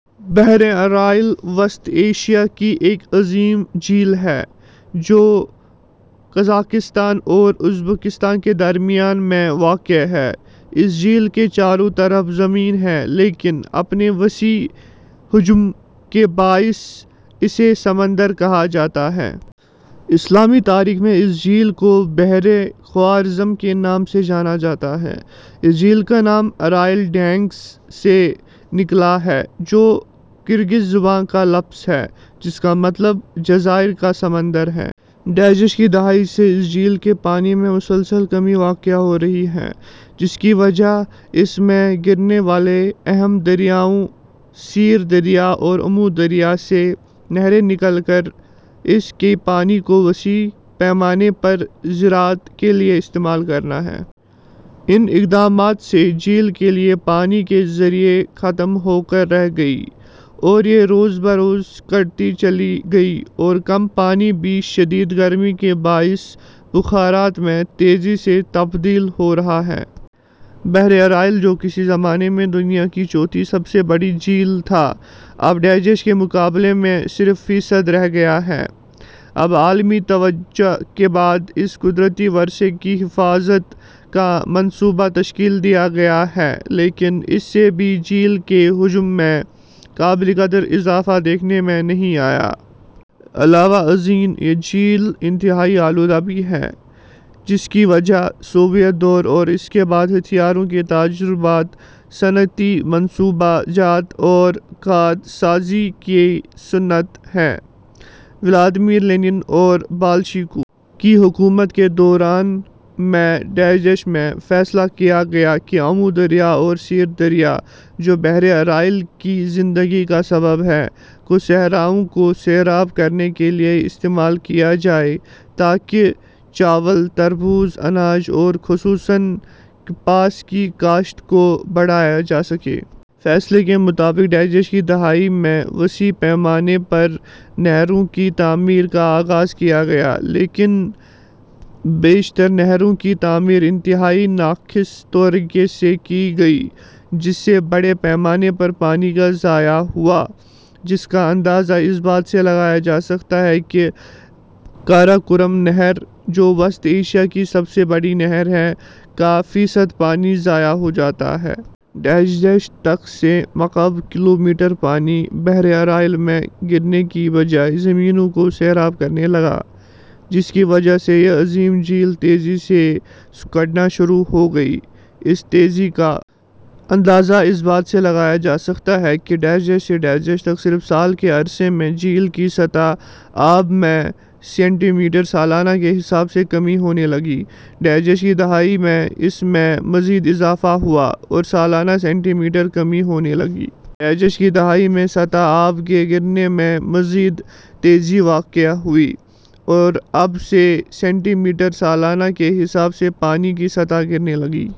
بحیرہ ارال وسط ایشیا کی ایک عظیم جھیل ہے جو قازقستان اور ازبکستان کے درمیان میں واقع ہے۔ اس جھیل کے چاروں طرف زمین ہے لیکن اپنے وسیع حجم کے باعث اسے سمندر کہا جاتا ہے۔ اسلامی تاریخ میں اس جھیل کو بحیرہ خوارزم کے نام سے جانا جاتا ہے۔ اس جھیل کا نام "ارال۔ ڈینگھز" سے نکلا ہے جو کرغز زبان کا لفظ ہے جس کا مطلب "جزائر کا سمندر" ہے۔ ء کی دہائی سے اس جھیل کے پانی میں مسلسل کمی واقع ہو رہی ہے جس کی وجہ اس میں گرنے والے اہم دریاؤں سیر دریا اور آمو دریا سے نہریں نکال کر اس کے پانی کو وسیع پیمانے پر زراعت کے لیے استعمال کرنا ہے۔ ان اقدامات سے جھیل کے لیے پانی کے ذرائع ختم ہو کر رہ گئے اور یہ روز بروز سکڑتی چلی گئی اور کم پانی بھی شدید گرمی کے باعث بخارات میں تیزی سے تبدیل ہو رہا ہے۔ بحیرہ ارال جو کسی زمانے میں دنیا کی چوتھی سب سے بڑی جھیل تھا اب ء کے مقابلے میں صرف فیصد رہ گیا ہے۔ اب عالمی توجہ کے بعد اس قدرتی ورثے کی حفاظت کا منصوبہ تشکیل دیا گیا ہے لیکن اس سے بھی جھیل کے حجم میں قابل قدر اضافہ دیکھنے میں نہیں آیا۔ علاوہ ازیں یہ جھیل انتہائی آلودہ بھی ہے جس کی وجہ سوویت دور اور اس کے بعد ہتھیاروں کے تجربات، صنعتی منصوبہ جات اور کھاد سازی کی صنعت ہے۔ ولادیمیر لینن اور بالشویکوں کی حکومت کے دوران میں ء میں فیصلہ کیا گیا کہ آمو دریا اور سیر دریا، جو بحیرہ ارال کی زندگی کا سبب ہیں، کو صحراؤں کو سیراب کرنے کے لیے استعمال کیا جائے تاکہ چاول ، تربوز ، اناج اور خصوصاً کپاس کی کاشت کو بڑھایا جاسکے۔ فیصلے کے مطابق ء کی دہائی میں وسیع پیمانے پر نہروں کی تعمیر کا آغاز کیا گیا لیکن بیشتر نہروں کی تعمیر انتہائی ناقص طریقے سے کی گئی جس سے بڑے پیمانے پر پانی کا ضیاع ہوا جس کا اندازہ اس بات سے لگایا جا سکتا ہے کہ قراقم نہر ، جو وسط ایشیا کی سب سے بڑی نہر ہے، کا فیصد پانی ضائع ہو جاتا ہے۔ ء تک سے مکعب کلومیٹر پانی بحیرہ ارال میں گرنے کی بجائے زمینوں کو سیراب کرنے لگا۔ جس کی وجہ سے یہ عظیم جھیل تیزی سے سکڑنا شروع ہو گئی۔ اس تیزی کا اندازہ اس بات سے لگایا جا سکتا ہے کہ ء سے ء تک صرف سال کے عرصے میں جھیل کی سطح آب میں سینٹی میٹر سالانہ کے حساب سے کمی ہونے لگی، ء کی دہائی میں اس میں مزید اضافہ ہوا اور سالانہ سینٹی میٹر کمی ہونے لگی۔ ء کی دہائی میں سطح آب کے گرنے میں مزید تیزی واقع ہوئی اور اب سے سینٹی میٹر سالانہ کے حساب سے پانی کی سطح گرنے لگی۔